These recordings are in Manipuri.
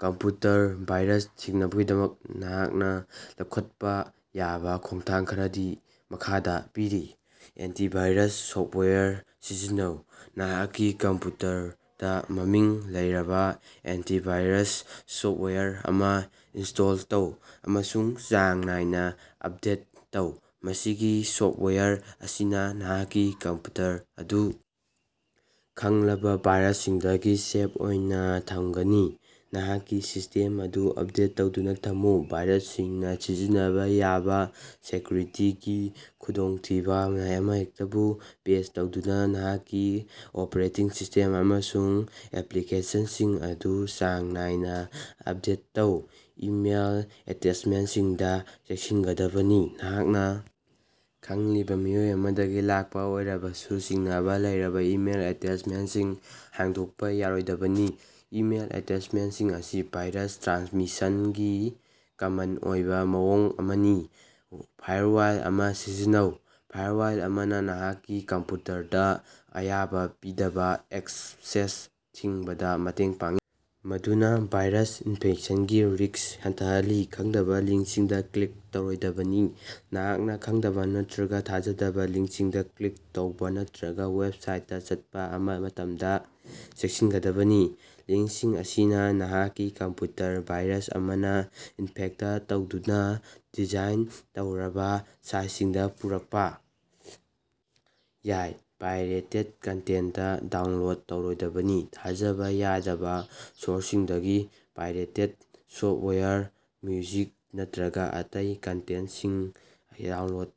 ꯀꯝꯄ꯭ꯌꯨꯇꯔ ꯚꯥꯏꯔꯁ ꯊꯤꯡꯅꯕꯒꯤꯗꯃꯛ ꯅꯍꯥꯛꯅ ꯂꯧꯈꯠꯄ ꯌꯥꯕ ꯈꯣꯡꯊꯥꯡ ꯈꯔꯗꯤ ꯃꯈꯥꯗ ꯄꯤꯔꯤ: ꯑꯦꯟꯇꯤꯚꯥꯏꯔꯁ ꯁꯣꯐꯇꯋꯥꯌꯔ ꯁꯤꯖꯤꯟꯅꯧ: ꯅꯍꯥꯛꯀꯤ ꯀꯝꯄ꯭ꯌꯨꯇꯔꯗ ꯃꯃꯤꯡ ꯂꯩꯔꯕ ꯑꯦꯟꯇꯤꯚꯥꯏꯔꯁ ꯁꯣꯐꯇꯋꯥꯌꯔ ꯑꯃ ꯏꯟꯁ꯭ꯇꯣꯜ ꯇꯧ ꯑꯃꯁꯨꯡ ꯆꯥꯡ ꯅꯥꯏꯅ ꯑꯄꯗꯦꯠ ꯇꯧ꯫ ꯃꯁꯤꯒꯤ ꯁꯣꯐꯇꯋꯥꯌꯔ ꯑꯁꯤꯅꯥ ꯅꯍꯥꯛꯀꯤ ꯀꯝꯄ꯭ꯌꯨꯇꯔ ꯑꯗꯨ ꯈꯪꯂꯕ ꯚꯥꯏꯔꯁꯁꯤꯡꯗꯒꯤ ꯁꯦꯐ ꯑꯣꯏꯅ ꯊꯝꯒꯅꯤ꯫ ꯅꯍꯥꯛꯀꯤ ꯁꯤꯁ꯭ꯇꯦꯝ ꯑꯗꯨ ꯑꯄꯗꯦꯠ ꯇꯧꯗꯨꯅ ꯊꯝꯃꯨ: ꯚꯥꯏꯔꯁꯁꯤꯡꯅ ꯁꯤꯖꯤꯟꯅꯕ ꯌꯥꯕ ꯁꯦꯀꯌꯨꯔꯤꯇꯤꯒꯤ ꯈꯨꯗꯣꯡꯊꯤꯕ ꯑꯃꯍꯦꯛꯇꯕꯨ ꯄꯦꯆ ꯇꯧꯅꯕ ꯅꯍꯥꯛꯀꯤ ꯑꯣꯄꯔꯦꯇꯤꯡ ꯁꯤꯁ꯭ꯇꯦꯝ ꯑꯃꯁꯨꯡ ꯑꯦꯞꯂꯤꯀꯦꯁꯟꯁꯤꯡ ꯑꯗꯨ ꯆꯥꯡ ꯅꯥꯏꯅ ꯑꯄꯗꯦꯠ ꯇꯧ꯫ ꯏꯃꯦꯏꯜ ꯑꯦꯇꯦꯆꯃꯦꯟꯇꯁꯤꯡꯗ ꯆꯦꯛꯁꯤꯟꯒꯗꯕꯅꯤ: ꯅꯍꯥꯛꯅ ꯈꯪꯂꯤꯕ ꯃꯤꯑꯣꯏ ꯑꯃꯗꯒꯤ ꯂꯥꯛꯄ ꯑꯣꯏꯔꯕꯁꯨ ꯆꯤꯡꯅꯕ ꯂꯩꯔꯕ ꯏꯃꯦꯏꯜ ꯑꯦꯇꯦꯆꯃꯦꯟꯇꯁꯤꯡ ꯍꯥꯡꯗꯣꯛꯄ ꯌꯥꯔꯣꯏꯗꯕꯅꯤ꯫ ꯏꯃꯦꯏꯜ ꯑꯦꯇꯦꯆꯃꯦꯟꯇꯁꯤꯡ ꯑꯁꯤ ꯚꯥꯏꯔꯁ ꯇ꯭ꯔꯥꯟꯁꯃꯤꯁꯟꯒꯤ ꯀꯃꯟ ꯑꯣꯏꯕ ꯃꯑꯣꯡ ꯑꯃꯅꯤ꯫ ꯐꯥꯏꯔꯋꯥꯜ ꯑꯃ ꯁꯤꯖꯤꯟꯅꯧ: ꯐꯥꯏꯔꯋꯥꯜ ꯑꯃꯅ ꯅꯍꯥꯛꯀꯤ ꯀꯝꯄ꯭ꯌꯨꯇꯔꯗ ꯑꯌꯥꯕ ꯄꯤꯗꯕ ꯑꯦꯛꯁꯦꯁ ꯊꯤꯡꯕꯗ ꯃꯇꯦꯡ ꯄꯥꯡꯏ꯫ ꯃꯗꯨꯅ ꯚꯥꯏꯔꯁ ꯏꯅꯐꯦꯛꯁꯟꯒꯤ ꯔꯤꯁ꯭ꯛ ꯍꯟꯊꯍꯜꯂꯤ꯫ ꯈꯪꯗꯕ ꯂꯤꯡꯀꯁꯤꯡꯗ ꯀ꯭ꯂꯤꯛ ꯇꯧꯔꯣꯏꯗꯕꯅꯤ: ꯅꯍꯥꯛꯅ ꯈꯪꯗꯕ ꯅꯠꯇ꯭ꯔꯒ ꯊꯥꯖꯗꯕ ꯂꯤꯉ꯭ꯀꯁꯤꯡꯗ ꯀ꯭ꯂꯤꯛ ꯇꯧꯕ ꯅꯠꯇ꯭ꯔꯒ ꯋꯦꯕꯁꯥꯏꯠꯇ ꯆꯠꯄ ꯃꯇꯝꯗ ꯆꯦꯛꯁꯤꯟꯒꯗꯕꯅꯤ꯫ ꯂꯤꯡꯛꯁꯤꯡ ꯑꯁꯤꯅ ꯅꯍꯥꯛꯀꯤ ꯀꯝꯄ꯭ꯌꯨꯇꯔ ꯚꯥꯏꯔꯁ ꯑꯃꯅ ꯏꯅꯐꯦꯛꯇ ꯇꯧꯅꯕ ꯗꯤꯖꯥꯏꯟ ꯇꯧꯔꯕ ꯁꯥꯏꯇꯁꯤꯡꯗ ꯄꯨꯔꯛꯄ ꯌꯥꯏ꯫ ꯄꯥꯏꯔꯦꯇꯦꯗ ꯀꯟꯇꯦꯟꯇ ꯗꯥꯎꯟꯂꯣꯗ ꯇꯧꯔꯣꯏꯗꯕꯅꯤ: ꯊꯥꯖꯕ ꯌꯥꯗꯕ ꯁꯣꯔꯁꯁꯤꯡꯗꯒꯤ ꯄꯥꯏꯔꯦꯇꯦꯗ ꯁꯣꯐꯇꯋꯥꯌꯔ, ꯃ꯭ꯌꯨꯖꯤꯛ ꯅꯠꯇ꯭ꯔꯒ ꯑꯇꯩ ꯀꯟꯇꯦꯟꯇꯁꯤꯡ ꯗꯥꯎꯟꯂꯣꯗ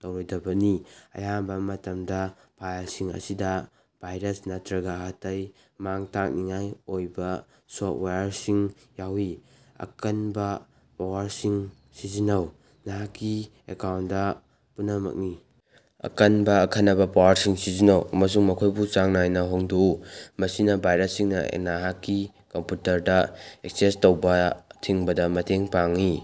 ꯇꯧꯔꯣꯏꯗꯕꯅꯤ꯫ ꯑꯌꯥꯝꯕ ꯃꯇꯝꯗ, ꯐꯥꯏꯂꯁꯤꯡ ꯑꯁꯤꯗ ꯚꯥꯏꯔꯁ ꯅꯠꯇ꯭ꯔꯒ ꯑꯇꯩ ꯃꯥꯡ-ꯇꯥꯛꯅꯤꯡꯉꯥꯏ ꯑꯣꯏꯕ ꯁꯣꯐꯇꯋꯥꯌꯔꯁꯤꯡ ꯌꯥꯎꯏ꯫ ꯑꯀꯟꯕꯥ ꯄꯥꯁꯋꯥꯔꯗꯁꯤꯡ ꯁꯤꯖꯤꯟꯅꯧ: ꯅꯍꯥꯛꯀꯤ ꯑꯦꯀꯥꯎꯟꯇ ꯄꯨꯝꯅꯃꯛꯀꯤ ꯑꯀꯟꯕ ꯑꯈꯟꯅꯕ ꯄꯥꯁꯋꯥꯔꯗꯁꯤꯡ ꯁꯤꯖꯤꯟꯅꯧ, ꯑꯃꯁꯨꯡ ꯃꯈꯣꯢꯕꯨ ꯆꯥꯡ ꯅꯥꯏꯅ ꯍꯣꯡꯗꯣꯛꯎ꯫ ꯃꯁꯤꯅ ꯚꯥꯏꯔꯁꯁꯤꯡꯅ ꯅꯍꯥꯛꯀꯤ ꯀꯝꯄ꯭ꯌꯨꯇꯔꯗ ꯑꯦꯛꯁꯦꯁ ꯇꯧꯕ ꯊꯤꯡꯕꯗ ꯃꯇꯦꯡ ꯄꯥꯡꯏ꯫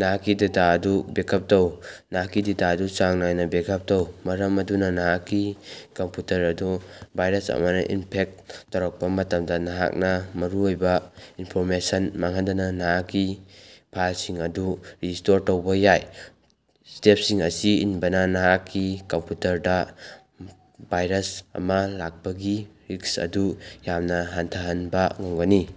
ꯅꯍꯥꯛꯀꯤ ꯗꯦꯇꯥ ꯑꯗꯨ ꯕꯦꯀꯑꯞ ꯇꯧ: ꯅꯍꯥꯛꯀꯤ ꯗꯦꯇꯥ ꯑꯗꯨ ꯆꯥꯡ ꯅꯥꯏꯅ ꯕꯦꯀꯑꯞ ꯇꯧ, ꯃꯔꯝ ꯑꯗꯨꯅ ꯅꯍꯥꯛꯀꯤ ꯀꯝꯄ꯭ꯌꯨꯇꯔ ꯑꯗꯨ ꯚꯥꯏꯔꯁ ꯑꯃꯅ ꯏꯅꯐꯦꯛꯇ ꯇꯧꯔꯛꯄ ꯃꯇꯝꯗ ꯅꯍꯥꯛꯅ ꯃꯔꯨꯑꯣꯏꯕ ꯏꯅꯐꯣꯔꯃꯦꯁꯟ ꯃꯥꯡꯍꯟꯗꯅ ꯅꯍꯥꯛꯀꯤ ꯐꯥꯏꯂꯁꯤꯡ ꯑꯗꯨ ꯔꯤꯁ꯭ꯇꯣꯔ ꯇꯧꯕ ꯌꯥꯏ꯫ ꯁ꯭ꯇꯦꯄꯁꯤꯡ ꯑꯁꯤ ꯏꯟꯕꯅ ꯅꯍꯥꯛꯀꯤ ꯀꯝꯄ꯭ꯌꯨꯇꯔꯗ ꯚꯥꯏꯔꯁ ꯑꯃ ꯂꯥꯛꯄꯒꯤ ꯔꯤꯁ꯭ꯛ ꯑꯗꯨ ꯌꯥꯝꯅ ꯍꯟꯊꯍꯟꯕ ꯉꯝꯒꯅꯤ꯫।